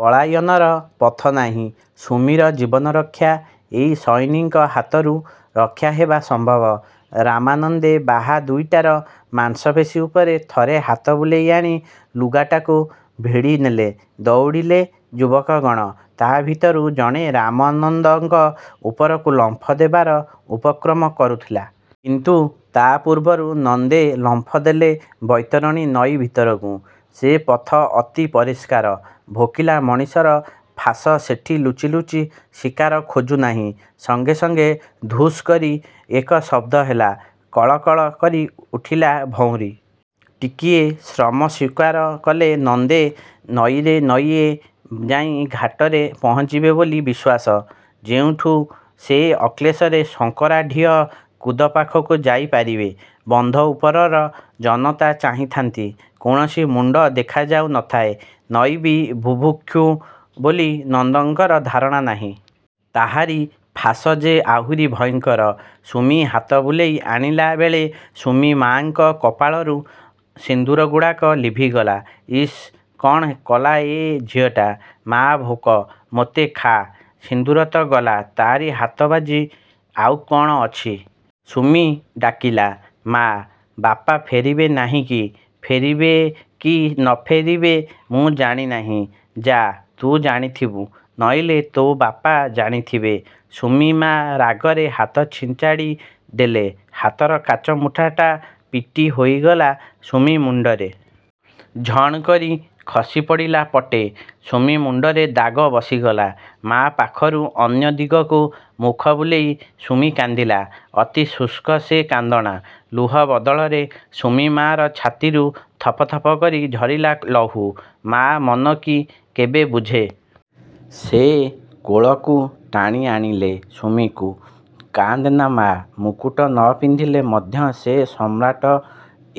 ପଳାୟନର ପଥ ନାହିଁ। ସୁମିର ଜୀବନ ରକ୍ଷା-ଏଇ ସଇନିଙ୍କ ହାତରୁ ରକ୍ଷା ହେବା ସମ୍ଭବ। ରାମାନନ୍ଦେ ବାହା ଦୁଇଟାର ମାଂସପେଶୀ ଉପରେ ଥରେ ହାତ ବୁଲେଇ ଆଣି-ଲୁଗାଟାକୁ ଭିଡ଼ି ନେଲେ। ଦଉଡ଼ିଲେ ଯୁବକ ଗଣ, ତା ଭିତରୁ ଜଣେ ରାମନନ୍ଦଙ୍କ ଉପରକୁ ଲମ୍ଫ ଦେବାର ଉପକ୍ରମ କରୁଥିଲା। କିନ୍ତୁ ତା ପୂର୍ବରୁ ନନ୍ଦେ ଲମ୍ଫ ଦେଲେ ବୈତରଣୀ ନଈ ଭିତରକୁ। ସେ ପଥ ଅତି ପରିଷ୍କାର। ଭୋକିଲା ମଣିଷର ଫାଶ ସେଠି ଲୁଚି ଲୁଚି ଶିକାର ଖୋଜୁ ନାହିଁ। ସଙ୍ଗେ ସଙ୍ଗେ 'ଧୁସ୍' କରି ଏକ ଶବ୍ଦ ହେଲା। କଳ କଳ କରି ଉଠିଲା ଭଉଁରୀ। ଟିକିଏ ଶ୍ରମ ସ୍ୱୀକାର କଲେ ନନ୍ଦେ ନଈରେ ନଈଏ ଯାଇଁ ଘାଟରେ ପହଞ୍ଚିବେ ବୋଲି ବିଶ୍ୱାସ। ଯେଉଁଠୁ ସେ ଅକ୍ଳେଶରେ ଶଙ୍କରା ଢିଅ କୁଦ ପାଖକୁ ଯାଇ ପାରିବେ। ବନ୍ଧ ଉପରର ଜନତା ଚାହିଁଥାନ୍ତି। କୌଣସି ମୁଣ୍ଡ ଦେଖାଯାଉ ନଥାଏ। ନଈ ବି ବୁଭୁକ୍ଷୁ ବୋଲି ନନ୍ଦଙ୍କର ଧାରଣା ନାହିଁ। ତାହାରି ଫାଶ ଯେ ଆହୁରି ଭୟଙ୍କର। ସୁମି ହାତ ବୁଲେଇ ଆଣିଲା ବେଳେ ସୁମି-ମାଙ୍କ କପାଳରୁ ସିନ୍ଦୂରଗୁଡ଼ାକ ଲିଭିଗଲା। ଇସ୍-କଣ କଲା ଏ ଝିଅଟା! -'ମା ଭୋକ। ' -'ମୋତେ ଖା। ' ସିନ୍ଦୂର ତ ଗଲା ତାରି ହାତ ବାଜି। ଆଉ କଣ ଅଛି? ସୁମି ଡ଼ାକିଲା-'ମା, ବାପା ଫେରିବେ ନାହିଁ କି-ଫେରିବେ କି ନ ଫେରିବେ ମୁଁ ଜାଣି ନାହିଁ, ଯାଃ। ତୁ ଜାଣିଥିବୁ, ନଇଲେ ତୋ ବାପା ଜାଣି ଥିବେ। ' ସୁମି-ମା ରାଗରେ ହାତ ଛିଞ୍ଚାଡ଼ି ଦେଲେ। ହାତର କାଚ ମୁଠାଟା ପିଟି ହୋଇଗଲା ସୁମି ମୁଣ୍ଡରେ। ଝଣ୍ କରି ଖସି ପଡ଼ିଲା ପଟେ। ସୁମି ମୁଣ୍ଡରେ ଦାଗ ବସିଗଲା। ମା' ପାଖରୁ ଅନ୍ୟ ଦିଗକୁ ମୁଖ ବୁଲେଇ ସୁମି କାନ୍ଦିଲା। ଅତି ଶୁଷ୍ମ ସେ କାନ୍ଦଣା। ଲୁହ ବଦଳରେ ସୁମି-ମା'ର ଛାତିରୁ ଥପ ଥପ କରି ଝରିଲା ଲହୁ। ମା' ମନ କି କେବେ ବୁଝେ। ସେ କୋଳକୁ ଟାଣି ଆଣିଲେ ସୁମିକୁ। 'କାନ୍ଦ୍ ନା, ମା। ମୁକୁଟ ନ ପିନ୍ଧିଲେ ମଧ୍ୟ ସେ ସମ୍ରାଟ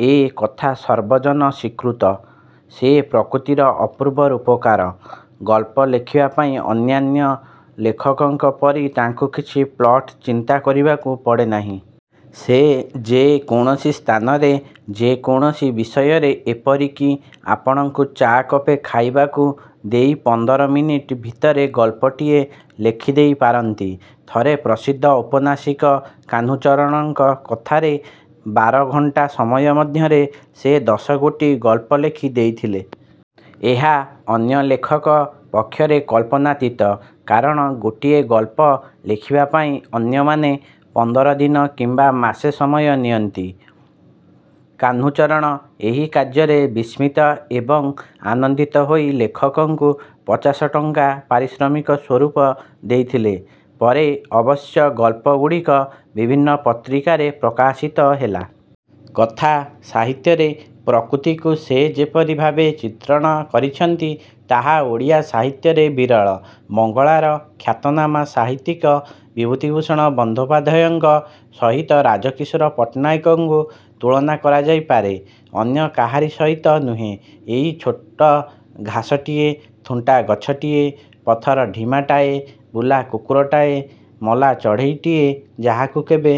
ଏ କଥା ସର୍ବଜନ ସ୍ୱୀକୃତ। ସେ ପ୍ରକୃତିର ଅପୂର୍ବ ରୂପକାର। ଗଳ୍ପ ଲେଖିବା ପାଇଁ ଅନ୍ୟାନ୍ୟ ଲେଖକଙ୍କ ପରି ତାଙ୍କୁ କିଛି ପ୍ଲଟ୍ ଚିନ୍ତା କରିବାକୁ ପଡ଼େନାହିଁ। ସେ ଯେ କୌଣସି ସ୍ଥାନରେ, ଯେ କୌଣସି ବିଷୟରେ ଏପରିକି ଆପଣଙ୍କୁ ଚା'କପେ ଖାଇବାକୁ ଦେଇ ପନ୍ଦର ମିନିଟ୍ ଭିତରେ ଗଳ୍ପଟିଏ ଲେଖିଦେଇ ପାରନ୍ତି। ଥରେ ପ୍ରସିଦ୍ଧ ଔପନ୍ୟାସିକ କାହ୍ନୁଚରଣଙ୍କ କଥାରେ ବାର ଘଣ୍ଟା ସମୟ ମଧ୍ୟରେ ସେ ଦଶ ଗୋଟି ଗଳ୍ପ ଲେଖି ଦେଇଥିଲେ। ଏହା ଅନ୍ୟ ଲେଖକ ପକ୍ଷରେ କଳ୍ପନାତୀତ, କାରଣ ଗୋଟିଏ ଗଳ୍ପ ଲେଖିବା ପାଇଁ ଅନ୍ୟମାନେ ପନ୍ଦର ଦିନ କିମ୍ବା ମାସେ ସମୟ ନିଅନ୍ତି। କାହ୍ନୁଚରଣ ଏହି କାର୍ଯ୍ୟରେ ବିସ୍ମିତ ଏବଂ ଆନନ୍ଦିତ ହୋଇ ଲେଖକଙ୍କୁ ପଚାଶ ଟଙ୍କା ପାରିଶ୍ରମିକ ସ୍ୱରୂପ ଦେଇଥିଲେ-। ପରେ ଅବଶ୍ୟ ଗଳ୍ପ ଗୁଡ଼ିକ ବିଭିନ୍ନ ପତ୍ରିକାରେ ପ୍ରକାଶିତ ହେଲା। କଥା ସାହିତ୍ୟରେ ପ୍ରକୃତିକୁ ସେ ଯେପରି ଭାବେ ଚିତ୍ରଣ କରିଛନ୍ତି ତାହା ଓଡ଼ିଆ ସାହିତ୍ୟରେ ବିରଳ। ବଙ୍ଗଳାର ଖ୍ୟାତନାମା ସାହିତ୍ୟିକ ବିଭୁତିଭୂଷଣ ବନ୍ଦୋପାଧ୍ୟାୟଙ୍କ ସହିତ ରାଜକିଶୋର ପଟ୍ଟନାୟକଙ୍କୁ ତୁଳନା କରାଯାଇ ପାରେ, ଅନ୍ୟ କାହାରି ସହିତ ନୁହେଁ। ଏଇ ଛୋଟ ଘାସଟିଏ, ଥୁଣ୍ଟା ଗଛଟିଏ, ପଥର ଢିମାଟାଏ, ବୁଲା କୁକୁରଟାଏ, ମଲା ଚଢ଼େଇଟିଏ, ଯାହାକୁ କେବେ